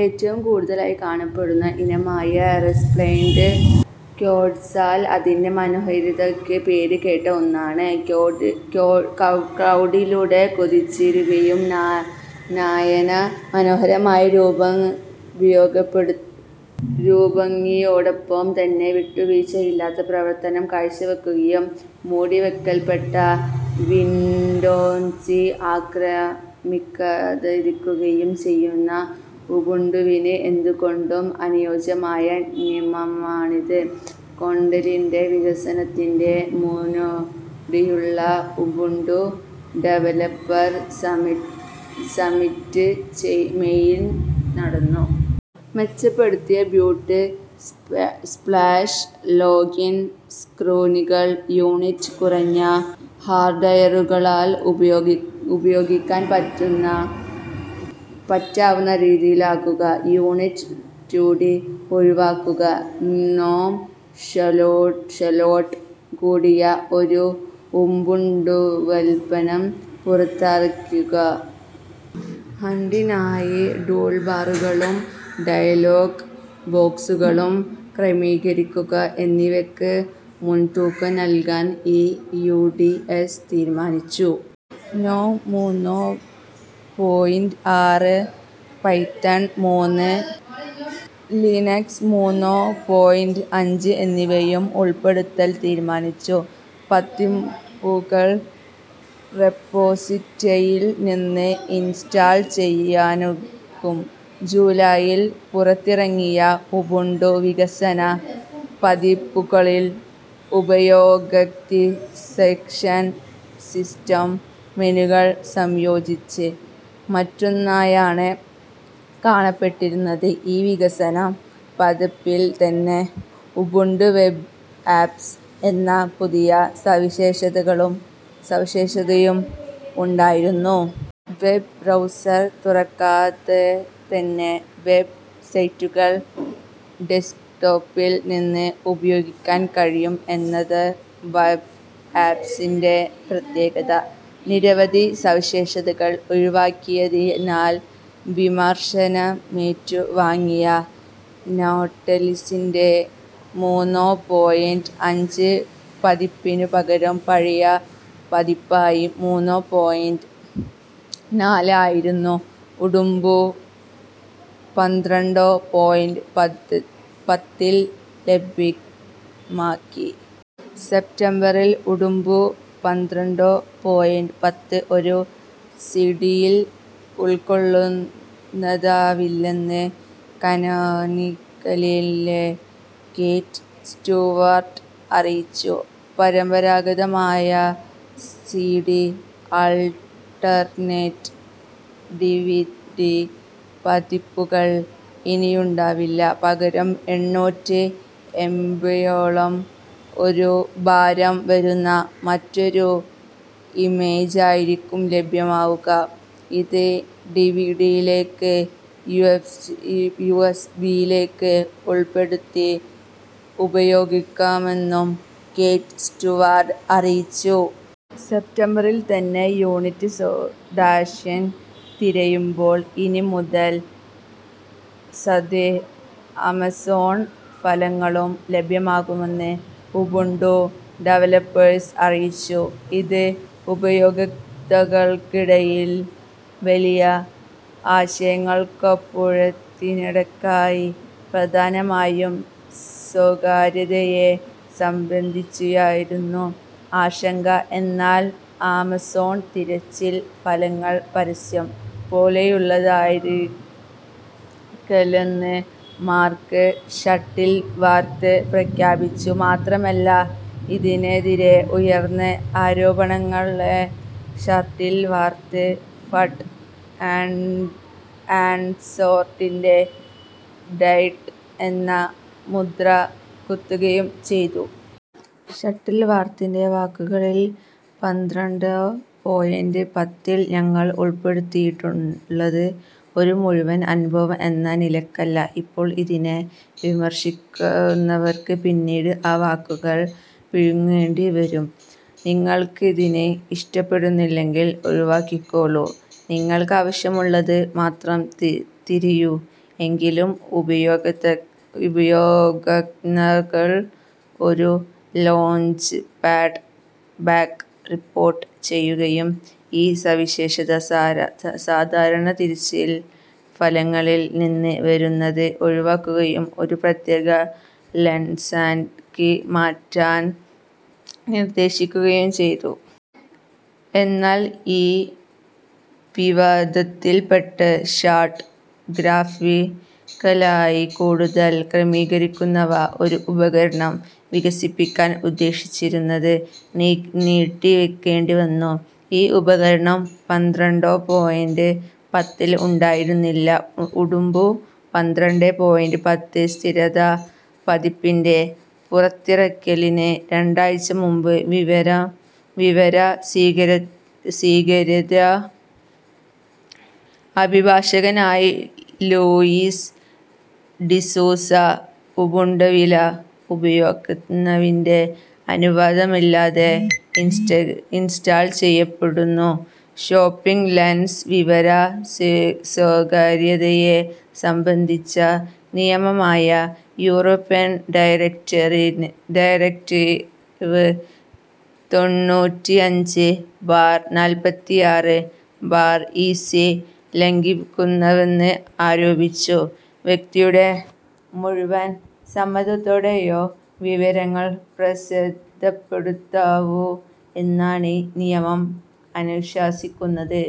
ഏറ്റവും കൂടുതലായി കാണപ്പെടുന്ന ഇനമായ റെസ്പ്ലെൻഡൻ്റ് ക്വട്സാൽ അതിൻ്റെ മനോഹാരിതക്ക് പേര് കേട്ട ഒന്നാണ്. ക്ലൗഡിലൂടെ കുതിച്ചുയരുകയും നയന മനോഹരമായ രൂപഭംഗിയോടൊപ്പം തന്നെ വിട്ടുവീഴ്ചയില്ലാത്ത പ്രവർത്തനം കാഴ്ചവെക്കുകയും മൂടിവെക്കപ്പെട്ട വിൻഡോസിനെ ആക്രമിക്കാതിരിക്കുകയും ചെയ്യുന്ന ഉബുണ്ടുവിന് എന്തുകൊണ്ടും അനുയോജ്യമായ നാമമാണിത്. ക്വാണ്ടലിൻ്റെ വികസനത്തിൻ്റെ മുന്നോടിയുള്ള ഉബുണ്ടു ഡെവലപ്പർ സമിറ്റ് മെയിൽ നടന്നു. മെച്ചപ്പെടുത്തിയ ബൂട്ട് സ്പ്ലാഷ് ലോഗിൻ സ്ക്രൂനികൾ, യൂണിറ്റ് കുറഞ്ഞ ഹാർഡ്വെയറുകളാൽ ഉപയോഗിക്കാൻ പറ്റുന്ന പറ്റാവുന്ന രീതിയിലാക്കുക, യൂണിറ്റി റ്റുഡി ഒഴിവാക്കുക, ഗ്നോം ഷെലോടു കൂടിയ ഒരു ഉബുണ്ടുവുൽപന്നം പുറത്താക്കുക, ഹഡിനായി ടൂൾബാറുകളും ഡയലോഗ് ബോക്സുകളും ക്രമീകരിക്കുക എന്നിവക്ക് മുൻതൂക്കം നൽകാൻ ഈ യു. ഡി. എസ് തീരുമാനിച്ചു. ഗ്നോം മൂന്നോ പോയിൻ്റ് ആറ്, പൈത്തൺ മൂന്ന്, ലിനക്സ് മൂന്നോ പോയിൻ്റ് അഞ്ച് എന്നിവയും ഉൾപ്പെടുത്താൻ തീരുമാനിച്ചു. പതിപ്പുകൾ റെപ്പോസിറ്ററിയിൽ നിന്ന് ഇൻസ്റ്റാൾ ചെയ്യാനാകും. ജൂലൈയിൽ പുറത്തിറങ്ങിയ ഉബുണ്ടു വികസന പതിപ്പുകളിൽ ഉപയോകതി സെക്ഷൻ സിസ്റ്റം മെനുകൾ സംയോജിച്ച് ഒറ്റൊന്നായാണ് കാണപ്പെട്ടിരുന്നത്. ഈ വികസന പതിപ്പിൽ തന്നെ ഉബുണ്ടു വെബ് ആപ്സ് എന്ന പുതിയസവിശേഷതകളും സവിശേഷതയും ഉണ്ടായിരുന്നു. വെബ് ബ്രൗസർ തുറക്കാതെത്തന്നെ വെബ് സൈറ്റുകൾ ഡെസ്ക്ടോപ്പിൽ നിന്ന് ഉപയോഗിക്കാൻ കഴിയും എന്നതാണ് വെബ് ആപ്സിൻ്റെ പ്രത്യേകത. നിരവധി സവിശേഷതകൾ ഒഴിവാക്കിയതിനാൽ വിമർശനമേറ്റു വാങ്ങിയ നോട്ടിലസിൻ്റെ മൂന്നോ പോയിൻ്റ് അഞ്ച് പതിപ്പായി പകരം പഴയ പതിപ്പായ മൂന്നേ പോയിൻ്റ് നാല് ആയിരുന്നു ഉബുണ്ടു പന്ത്രണ്ടോ പോയിൻ്റ് പത്തിൽ ലഭ്യമാക്കി. സെപ്റ്റംബറിൽ ഉടുമ്പു പന്ത്രണ്ടേ പോയിൻ്റ് പത്ത് ഒരു സിഡിയിൽ ഉൾക്കൊള്ളുന്നതാവില്ലെന്ന് കാനോനിക്കലിലെ കേറ്റ് സ്റ്റുവാർട്ട് അറിയിച്ചു. പരമ്പരാഗതമായ സിഡി, അൾട്ടർനേറ്റ്, ഡിവിഡി പതിപ്പുകൾ ഇനിയുണ്ടാവില്ല. പകരം എണ്ണൂറ്റ് എംബിയോളം ഒരു ഭാരം വരുന്ന ഒരൊറ്റ ഇമേജായിരിക്കും ലഭ്യമാവുക. ഇത് ഡിവിഡിയിലോ യുഎസ്ബിയിലോ ഉൾപ്പെടുത്തി ഉപയോഗിക്കാമെന്നും കേറ്റ് സ്റ്റുവാർട്ട് അറിയിച്ചു. സെപ്റ്റംബറിൽ തന്നെ യൂണിറ്റി ഡാഷിൻ തിരയുമ്പോൾ ഇനി മുതൽ സ്വതേ ആമസോൺ ഫലങ്ങളും ലഭ്യമാകുമെന്ന് ഉബുണ്ടു ഡെവലപ്പേഴ്സ് അറിയിച്ചു. ഇത് ഉപയോക്താക്കൾക്കിടയിൽ വലിയ ആശയക്കുഴപ്പത്തിനിടയാക്കി. പ്രധാനമായും സ്വകാര്യതയെ സംബന്ധിച്ചായിരുന്നു ആശങ്ക. എന്നാൽ ആമസോൺ തിരച്ചിൽ ഫലങ്ങൾ പരസ്യം പോലെയുള്ളതായിരിക്കല്ലെന്ന് മാർക്ക് ഷട്ടിൽവർത്ത് പ്രഖ്യാപിച്ചു. മാത്രമല്ല, ഇതിനെതിരെ ഉയർന്ന ആരോപണങ്ങളെ ഷട്ടിൽവർത്ത് ഫഡ്, അൺസേർടൈറ്റി, ഡൈട്ട് എന്ന മുദ്ര കുത്തുകയും ചെയ്തു. ഷട്ടിൽവർത്തിൻ്റെ വാക്കുകളിൽ "പന്ത്രണ്ടോ പോയിൻ്റ് പത്തിൽ ഞങ്ങൾ ഉൾപ്പെടുത്തിയിട്ടുള്ളത് ഒരു മുഴുവൻ അനുഭവം എന്ന നിലക്കല്ല, ഇപ്പോൾ ഇതിനെ വിമർശിക്കുന്നവർക്ക് പിന്നീട് ആ വാക്കുകൾ വിഴുങ്ങേണ്ടി വരും. നിങ്ങൾക്കിത് ഇഷ്ടപ്പെടുന്നില്ലെങ്കിൽ ഒഴിവാക്കിക്കോളൂ, നിങ്ങൾക്കാവശ്യമുള്ളത് മാത്രം തിറിയൂ." എങ്കിലും ഉപയോക്താക്കൾ ഒരു ലോഞ്ച്പാഡ് ബാഗ് റിപ്പോട്ട് ചെയ്യുകയും, ഈ സവിശേഷത സാധാരണ തിരച്ചിൽ ഫലങ്ങളിൽ നിന്ന് വരുന്നത് ഒഴിവാക്കുകയും ഒരു പ്രത്യേക ലെൻസാക്കി മാറ്റാൻ നിർദ്ദേശിക്കുകയും ചെയ്തു. എന്നാൽ ഈ വിവാദത്തിൽപ്പെട്ട് ഷാഡ് ഗ്രാഫിക്കലായി കൂടുതൽ ക്രമീകരിക്കാവുന്ന ഒരു ഉപകരണം വികസിപ്പിക്കാൻ ഉദ്ദേശിച്ചിരുന്നത് നീട്ടിവെക്കേണ്ടി വന്നു. ഈ ഉപകരണം പന്ത്രണ്ടേ പോയിൻ്റ് പത്തിൽ ഉണ്ടായിരുന്നില്ല. ഉബുണ്ടു പന്ത്രണ്ടോ പോയിൻ്റ് പത്ത് സ്ഥിരതാ പതിപ്പിൻ്റെ പുറത്തിറക്കലിന് രണ്ടാഴ്ച മുമ്പ്, വിവര സ്വീകരത അഭിഭാഷകനായ ലൂയിസ് ഡിസൂസ ഉബുണ്ടുവില ഉപയോക്താവിൻ്റെ അനുവാദമില്ലാതെ ഇൻസ്റ്റാൾ ചെയ്യപ്പെടുന്ന ഷോപ്പിംഗ് ലെൻസ് വിവര സ്വകാര്യതയെ സംബന്ധിച്ച നിയമമായ യൂറോപ്യൻ ഡയറക്റ്റ തൊണ്ണൂറ്റിഅഞ്ച് ബാർ നാല്പത്തിആറ് ബാർ ഈസി ലംഘിക്കുന്നുവെന്ന് ആരോപിച്ചു. വ്യക്തിയുടെ മുഴുവൻ സമ്മതത്തോടെയോ വിവരങ്ങൾ പ്രസിദ്ധപ്പെടുത്താവൂ എന്നാണീ നിയമം അനുശാസിക്കുന്നത്.